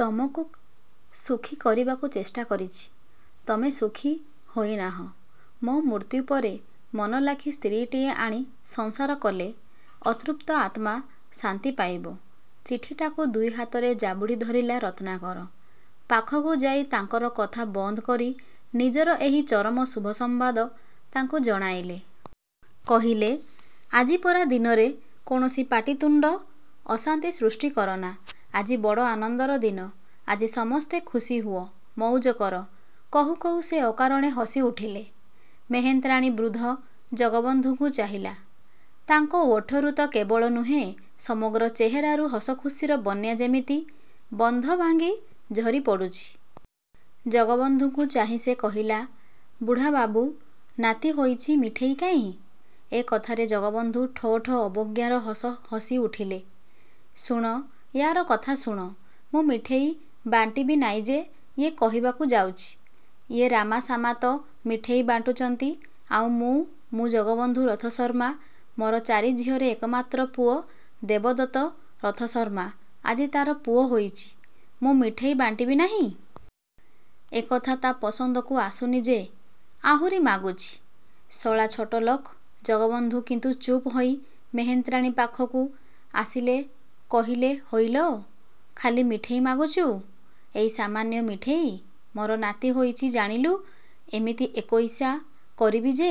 ତମକୁ ସୁଖୀ କରିବାକୁ ଚେଷ୍ଟା କରିଚି, ତମେ ସୁଖୀ ହୋଇନାହଁ, ମୋ ମୃତ୍ୟୁ ପରେ ମନଲାଖି ସ୍ତ୍ରୀଟିଏ ଆଣି ସଂସାର କଲେ, ଅତୃପ୍ତ ଆତ୍ମା ଶାନ୍ତି ପାଇବ। ଚିଠିଟାକୁ ଦୁଇ ହାତରେ ଜାବୁଡ଼ି ଧରିଲା ରତ୍ନାକର। ପାଖକୁ ଯାଇ ତାଙ୍କର କଥା ବନ୍ଦକରି ନିଜର ଏହି ଚରମ ଶୁଭ ସମ୍ବାଦ ତାଙ୍କୁ ଜଣାଇଲେ। କହିଲେ, ଆଜିପରା ଦିନରେ କୌଣସି ପାଟିତୁଣ୍ଡ, ଅଶାନ୍ତି ସୃଷ୍ଟି କରନା। ଆଜି ବଡ଼ ଆନନ୍ଦର ଦିନ, ଆଜି ସମସ୍ତେ ଖୁସିହୁଅ, ମଉଜ କର। କହୁ କହୁ ସେ ଅକାରଣେ ହସି ଉଠିଲେ। ମେହେନ୍ତ୍ରାଣୀ ବୃଦ୍ଧ ଜଗବନ୍ଧୁଙ୍କୁ ଚାହିଁଲା। ତାଙ୍କ ଓଠରୁ ତ କେବଳ ନୁହେଁ, ସମଗ୍ର ଚେହେରାରୁ ହସଖୁସିର ବନ୍ୟା ଯେମିତି ବନ୍ଧଭାଙ୍ଗି ଝରି ପଡ଼ୁଛି। ଜଗବନ୍ଧୁଙ୍କୁ ଚାହିଁ ସେ କହିଲା, ବୁଢ଼ାବାବୁ, ନାତି ହୋଇଚି ମିଠେଇ କାହିଁ?ଏ କଥାରେ ଜଗବନ୍ଧୁ ଠୋ ଠୋ ଅବଜ୍ଞାର ହସ ହସି ଉଠିଲେ। ଶୁଣ, ୟା'ର କଥା ଶୁଣ। ମୁଁ ମିଠେଇ ବାଣ୍ଟିବି ନାଇଁ ଯେ, ୟେ କହିବାକୁ ଯାଉଚି। ୟେ ରାମା ଶାମା ତ ମିଠେଇ ବାଣ୍ଟୁଚନ୍ତି ଆଉ ମୁଁ ମୁଁ ଜଗବନ୍ଧୁ ରଥଶର୍ମା ମୋର ଚାରି ଝିଅରେ ଏକମାତ୍ର ପୁଅ ଦେବଦତ୍ତ ରଥଶର୍ମା ଆଜି ତାର ପୁଅ ହୋଇଚି, ମୁଁ ମିଠେଇ ବାଣ୍ଟିବି ନାହିଁ? ଏକଥା ତା' ପସନ୍ଦକୁ ଆସୁନି ଯେ, ଆହୁରି ମାଗୁଚି। ଶଳା ଛୋଟଲୋକ ଜଗବନ୍ଧୁ କିନ୍ତୁ ଚୁପ୍ ହୋଇ ମେହେନ୍ତ୍ରାଣୀ ପାଖକୁ ଆସିଲେ କହିଲେ ହଇଲୋ, ଖାଲି ମିଠେଇ ମାଗୁଚୁ? ଏଇ ସାମାନ୍ୟ ମିଠେଇ? ମୋର ନାତି ହୋଇଚି ଜାଣିଲୁ ଏମିତି ଏକୋଇଶା କରିବି ଯେ,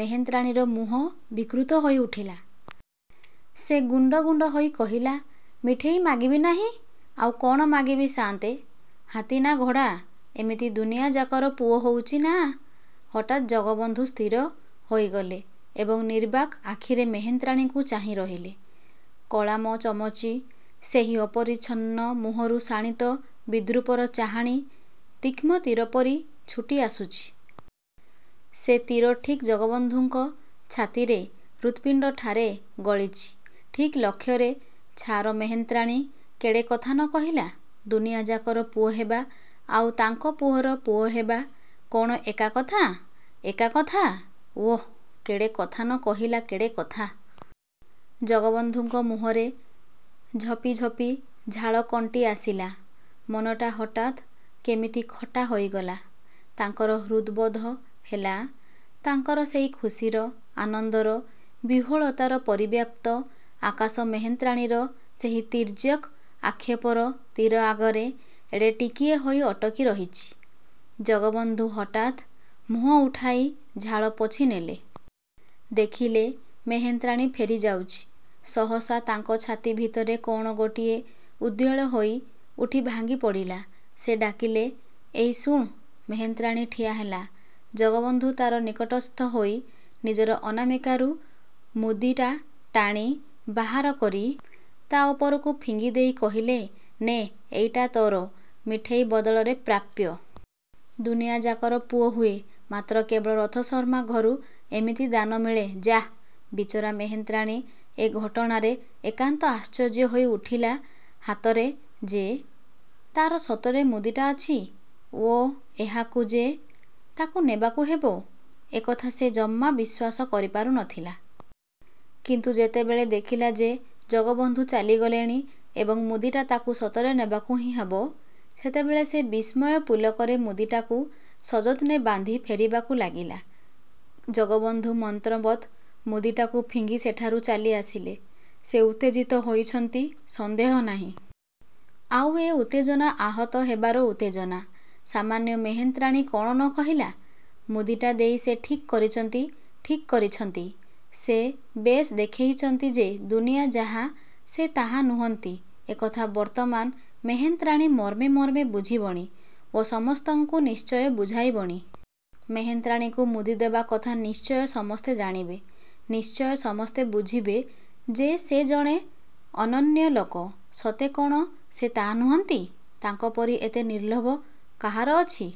ମେହେନ୍ତ୍ରାଣୀର ମୁହଁ ବିକୃତ ହୋଇ ଉଠିଲା। ସେ ଗୁଣ୍ଡ ଗୁଣ୍ଡ ହୋଇ କହିଲା, ମିଠେଇ ମାଗିବି ନାହିଁ, ଆଉ କ'ଣ ମାଗିବି ସାନ୍ତେ? ହାତୀ ନା ଘୋଡ଼ା? ଏମିତି ଦୁନିଆଯାକର ପୁଅ ହଉଚି ନାଆଁ ହଠାତ୍ ଜଗବନ୍ଧୁ ସ୍ଥିର ହୋଇଗଲେ ଏବଂ ନିର୍ବାକ୍ ଆଖିରେ ମେହେନ୍ତ୍ରାଣୀକୁ ଚାହିଁ ରହିଲେ। କଳାମଚମଚି ସେହି ଅପରିଛନ୍ନ ମୁହଁରୁ ଶାଣିତ ବିଦ୍ରୂପର ଚାହାଣୀ ତୀକ୍ଷ୍ଣ ତୀରପରି ଛୁଟି ଆସୁଛି। ସେ ତୀର ଠିକ୍ ଜଗବନ୍ଧୁଙ୍କ ଛାତିରେ ହୃତ୍ପିଣ୍ଡଠାରେ ଗଳିଚି, ଠିକ୍ ଲକ୍ଷ୍ୟରେ। ଛାର ମେହେନ୍ତ୍ରାଣୀ, କେଡ଼େ କଥା ନ କହିଲା! ଦୁନିଆଯାକର ପୁଅ ହେବା ଆଉ ତାଙ୍କ ପୁଅର ପୁଅହେବା କଅଣ ଏକା କଥା? ଏକା କଥା? ଓଃ କେଡ଼େ କଥା ନ କହିଲା କେଡ଼େ କଥା। ଜଗବନ୍ଧୁଙ୍କ ମୁହଁରେ ଝପିଝପି ଝାଳ କଣ୍ଟି ଆସିଲା, ମନଟା ହଠାତ୍ କେମିତି ଖଟା ହୋଇଗଲା। ତାଙ୍କର ହୃଦବୋଧ ହେଲା, ତାଙ୍କର ସେହି ଖୁସିର, ଆନନ୍ଦର, ବିହ୍ୱଳତାର ପରିବ୍ୟାପ୍ତ ଆକାଶ ମେହେନ୍ତ୍ରାଣୀର ସେହି ତୀର୍ଯ୍ୟକ୍ ଆକ୍ଷେପର ତୀର ଆଗରେ ଏଡ଼େ ଟିକିଏ ହୋଇ ଅଟକି ରହିଚି। ଜଗବନ୍ଧୁ ହଠାତ୍ ମୁହଁ ଉଠାଇ ଝାଳ ପୋଛି ନେଲେ। ଦେଖିଲେ ମେହେନ୍ତ୍ରାଣୀ ଫେରି ଯାଉଚି। ସହସା ତାଙ୍କ ଛାତି ଭିତରେ କଣ ଗୋଟିଏ ଉଦ୍ବେଳ ହୋଇ ଉଠି ଭାଙ୍ଗି ପଡ଼ିଲା। ସେ ଡାକିଲେ, ଏଇ ଶୁଣ୍। ମେହେନ୍ତ୍ରାଣୀ ଠିଆ ହେଲା। ଜଗବନ୍ଧୁ ତାର ନିକଟସ୍ଥ ହୋଇ, ନିଜର ଅନାମିକାରୁ ମୁଦିଟା ଟାଣି ବାହାର କରି ତା' ଉପରକୁ ଫିଙ୍ଗି ଦେଇ କହିଲେ, ନେ, ଏଇଟା ତୋର ମିଠେଇ ବଦଳରେ ପ୍ରାପ୍ୟ। ଦୁନିଆଯାକର ପୁଅ ହୁଏ, ମାତ୍ର କେବଳ ରଥଶର୍ମା ଘରୁ ଏମିତି ଦାନ ମିଳେ ଯାଃ" ବିଚରା ମେହେନ୍ତ୍ରାଣୀ ଏ ଘଟଣାରେ ଏକାନ୍ତ ଆଶ୍ଚର୍ଯ୍ୟ ହୋଇ ଉଠିଲା ହାତରେ ଯେ, ତାର ସତରେ ମୁଦିଟା ଅଛି ଓ ଏହାକୁ ଯେ, ତାକୁ ନେବାକୁ ହେବ ଏକଥା ସେ ଜମା ବିଶ୍ୱାସ କରିପାରୁ ନ ଥିଲା। କିନ୍ତୁ ଯେତେବେଳେ ଦେଖିଲା ଯେ, ଜଗବନ୍ଧୁ ଚାଲିଗଲେଣି ଏବଂ ମୁଦିଟା ତାକୁ ସତରେ ନେବାକୁ ହିଁ ହେବ, ସେତେବେଳେ ସେ ବିସ୍ମୟ ପୁଲକରେ ମୁଦିଟାକୁ ସଯତ୍ନେ ବାନ୍ଧି ଫେରିବାକୁ ଲାଗିଲା। ଜଗବନ୍ଧୁ ମନ୍ତ୍ରବତ୍ ମୁଦିଟାକୁ ଫିଙ୍ଗି ସେଠାରୁ ଚାଲି ଆସିଲେ। ସେ ଉତ୍ତେଜିତ ହୋଇଛନ୍ତି, ସନ୍ଦେହ ନାହିଁ। ଆଉ ଏ ଉତ୍ତେଜନା ଆହତ ହେବାର ଉତ୍ତେଜନା। ସାମାନ୍ୟ ମେହେନ୍ତ୍ରାଣୀ କ'ଣ ନ କହିଲା? ମୁଦିଟା ଦେଇ ସେ ଠିକ୍ କରିଚନ୍ତି, ଠିକ୍ କରିଛନ୍ତି। ସେ ବେଶ୍ ଦେଖେଇଚନ୍ତି ଯେ, ଦୁନିଆ ଯାହା ସେ ତାହା ନୁହନ୍ତି, ଏକଥା ବର୍ତ୍ତମାନ ମେହେନ୍ତ୍ରାଣୀ ମର୍ମେ ମର୍ମେ ବୁଝିବଣି ଓ ସମସ୍ତଙ୍କୁ ନିଶ୍ଚୟ ବୁଝାଇବଣି। ମେହେନ୍ତ୍ରାଣୀକୁ ମୁଦି ଦେବା କଥା ନିଶ୍ଚୟ ସମସ୍ତେ ଜାଣିବେ। ନିଶ୍ଚୟ ସମସ୍ତେ ବୁଝିବେ ଯେ ସେ ଜଣେ ଅନନ୍ୟ ଲୋକ। ସତେ କ'ଣ ସେ ତାହା ନୁହନ୍ତି? ତାଙ୍କପରି ଏତେ ନିର୍ଲୋଭ କାହାର ଅଛି?